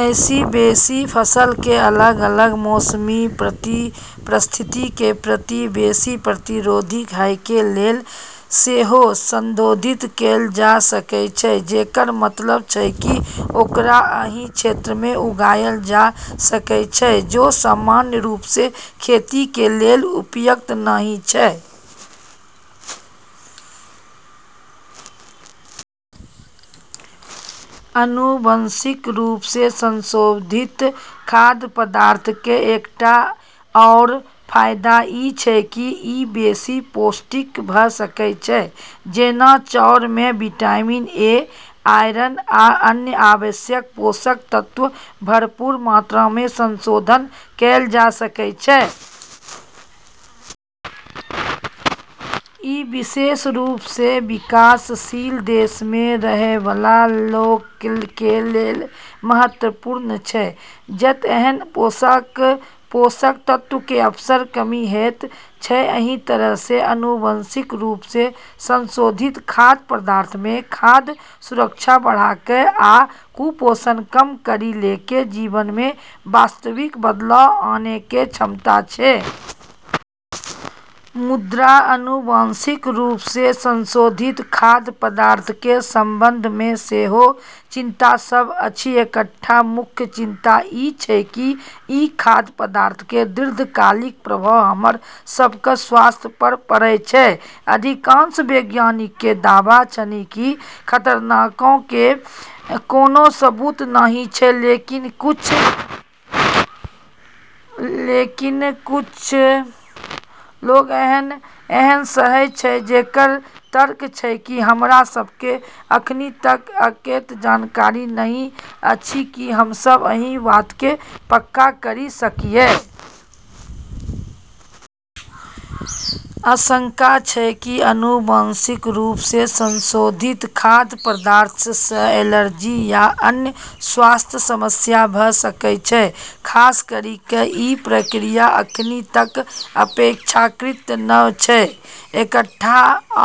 अइसँ बेशी, फसलके अलग-अलग मौसमी परिस्थितिके प्रति बेशी प्रतिरोधी होइके लेल सेहो संशोधित कैल जा सकै छै, जेकर मतलब छै कि ओकरा ओइ क्षेत्रमे उगाइल जा सकै छै जे सामान्य रूपसँ खेतीके लेल उपयुक्त नहि छै। आनुवंशिक रूपसँ संशोधित खाद्य पदार्थके एकटा आओर फाइदा ई छै कि ई बेशी पौष्टिक भ' सकै छै। जेना चाउरमे विटामिन ए, आयरन आ अन्य आवश्यक पोषक तत्वक भरपूर मात्रामे संशोधन कैल जा सकै छै। ई विशेष रूपसँ विकासशील देशमे रहैबला लोकके लेल महत्वपूर्ण छै, जत' ऐहन पोषक तत्वके अक्सर कमी होइत छै। अइ तरहसँ आनुवंशिक रूपसँ संशोधित खाद्य पदार्थमे खाद्य सुरक्षा बढ़ा क' आ कुपोषणके कम करि लोकके जीवनमे वास्तविक बदलाव आनैके क्षमता छै। मुदा, आनुवंशिक रूपसँ संशोधित खाद्य पदार्थक संबंधमे सेहो चिंता सब अछि। एकटा मुख्य चिंता ई छै कि ई खाद्य पदार्थके दीर्घकालिक प्रभाव हमर सबहक स्वास्थ्य पर पड़ैत छै। अधिकांश वैज्ञानिकके दावा छनि कि खतराके कोनो सबूत नहि छै, लेकिन किछ लोक एहन सेहो छै जेकरऽ तर्क छै कि हमरा सबके अखनि तक अतेक जानकारी नहि अछि कि हमसब एहि बातके पक्का करि सकियै। आशंका छै कि आनुवंशिक रूपसँ संशोधित खाद्य पदार्थसँ एलर्जी या अन्य स्वास्थ्य समस्या भ' सकैत छै, खासकरिके ई प्रक्रिया अखनि तक अपेक्षाकृत नव छै। एकटा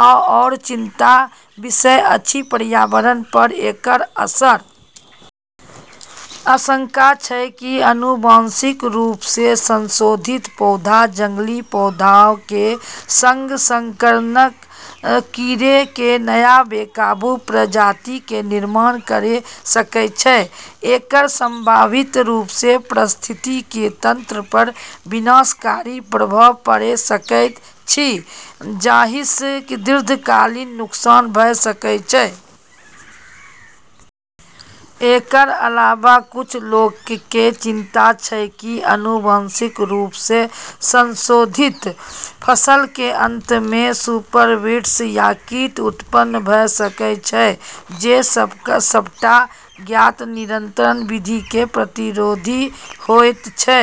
आओर चिंताके विषय अछि पर्यावरण पर एकर असर। आशंका छै कि आनुवंशिक रूपसँ संशोधित पौधा जंगली पौधाके सङ्ग संकरन करिके नया, बेकाबू प्रजातिके निर्माण करि सकै छै। एकर संभावित रूपसँ पारिस्थितिकी तंत्र पर विनाशकारी प्रभाव पड़ि सकैत अछि, जाहिसँ दीर्घकालिक नुकसान भ' सकैत अछि। एकर अलावा, किछ लोकके चिंता छै कि आनुवंशिक रूपसँ संशोधित फसलके अंतमे सुपरवीड्स या कीट उत्पन्न भ' सकै छै जे सबटा ज्ञात नियंत्रण विधिके प्रतिरोधी होइत छै।